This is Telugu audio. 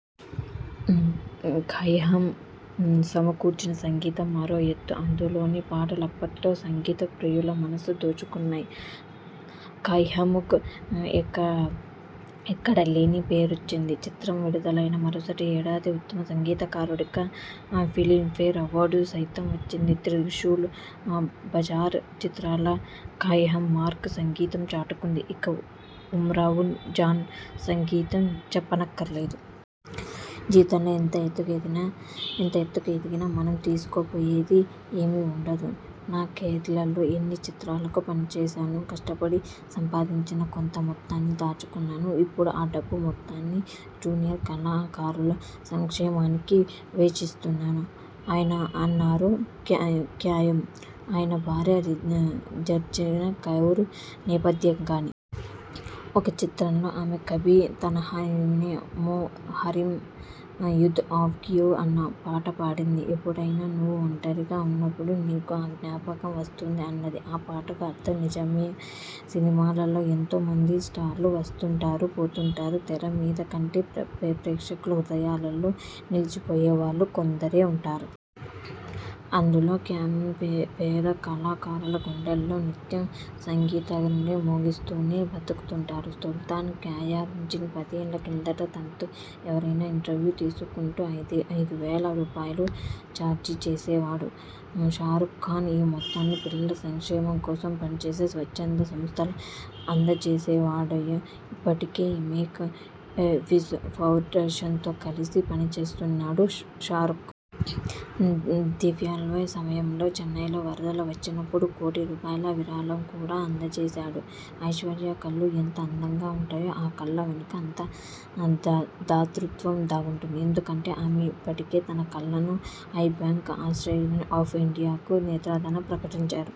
ఖయ్యామ్ సమకూర్చిన సంగీతం మరొక ఎత్తు. అందులోని పాటలు అప్పట్లో సంగీతప్రియుల మనసు దోచుకున్నాయి. ఖయ్యామ్కు ఎక్కడలేని పేరొచ్చింది. చిత్రం విడుదలైన మరుసటి ఏడాది ఉత్తమ సంగీతకారుడిగా ఫిల్మ్ఫేర్ అవార్డు సైతం వచ్చింది. 'త్రిశూల్', 'బజార్' చిత్రాలు ఖయ్యామ్ మార్కు సంగీతం చాటుకుంది. ఇక, 'ఉమ్రావ్ జాన్' సంగతి చెప్పనక్కర్లేదు. ''జీవితంలో ఎంత ఎత్తుకు ఎదిగినా మనం తీసుకుపోయేది ఏమీ ఉండదు. నా కెరీర్లో ఎన్నో చిత్రాలకు పని చేశాను. కష్టపడి సంపాదించిన కొంత మొత్తాన్ని దాచుకున్నాను. ఇప్పుడు ఆ డబ్బు మొత్తాన్ని జూనియర్ కళాకారుల సంక్షేమానికి వెచ్చిస్తున్నాను '' అన్నారు ఖయ్యామ్. ఆయన భార్య జగ్జిత కౌర్ నేపథ్యగాయని. ఒక చిత్రంలో ఆమె ''కభీ తన్హాయియేమే మే హమారీ యాద్ ఆయేగీ'' అన్న పాట పాడింది. ''ఎప్పుడైనా నువ్వు ఒంటరిగా ఉన్నప్పుడు నీకు నా జ్ఞాపకం వస్తుంది'' అన్నది ఆ పాటకు అర్థం. నిజమే! సినిమాల్లో ఎంతోమంది స్టార్లు వస్తుంటారు, పోతుంటారు. తెర మీదకంటే ప్రేక్షకుల హృదయాల్లో నిలిచిపోయేవాళ్లు కొందరే ఉంటారు! అందులో ఖయ్యామ్ పేద కళాకారుల గుండెల్లో నిత్యం సంగీతఝరి మోగిస్తూనే బతికుంటారు! సలామ్ ఖయ్యామ్జీ!! పదేళ్ల కిందట తనతో ఎవరైనా ఇంటర్వ్యూ తీసుకుంటే ఐదువేల రూపాయలు ఛార్జి చేసేవాడు షారుక్ ఖాన్. ఈ మొత్తాన్ని పిల్లల సంక్షేమం కోసం పనిచేసే స్వచ్ఛంద సంస్థలకు అందజేసేవాడాయన. ఇప్పటికే 'మేక్ ఎ విష్ ఫౌండేషన్' తో కలిసి పనిచేస్తున్నాడు షారుక్. 'దిల్వాలే' సమయంలో చెన్నైలో వరదలు వచ్చినప్పుడు కోటి రూపాయల విరాళం కూడా అందజేశాడు. ఐశ్వర్య కళ్లు ఎంత అందంగా ఉంటాయో ఆ కళ్ల వెనక అంత దాతృత్వం దాగుంది. ఎందుకంటే ఆమె ఇప్పటికే తన కళ్లను 'ఐ బ్యాంక్ అసోసియేషన్ ఆఫ్ ఇండియా'కు నేత్రదానం ప్రకటించారు.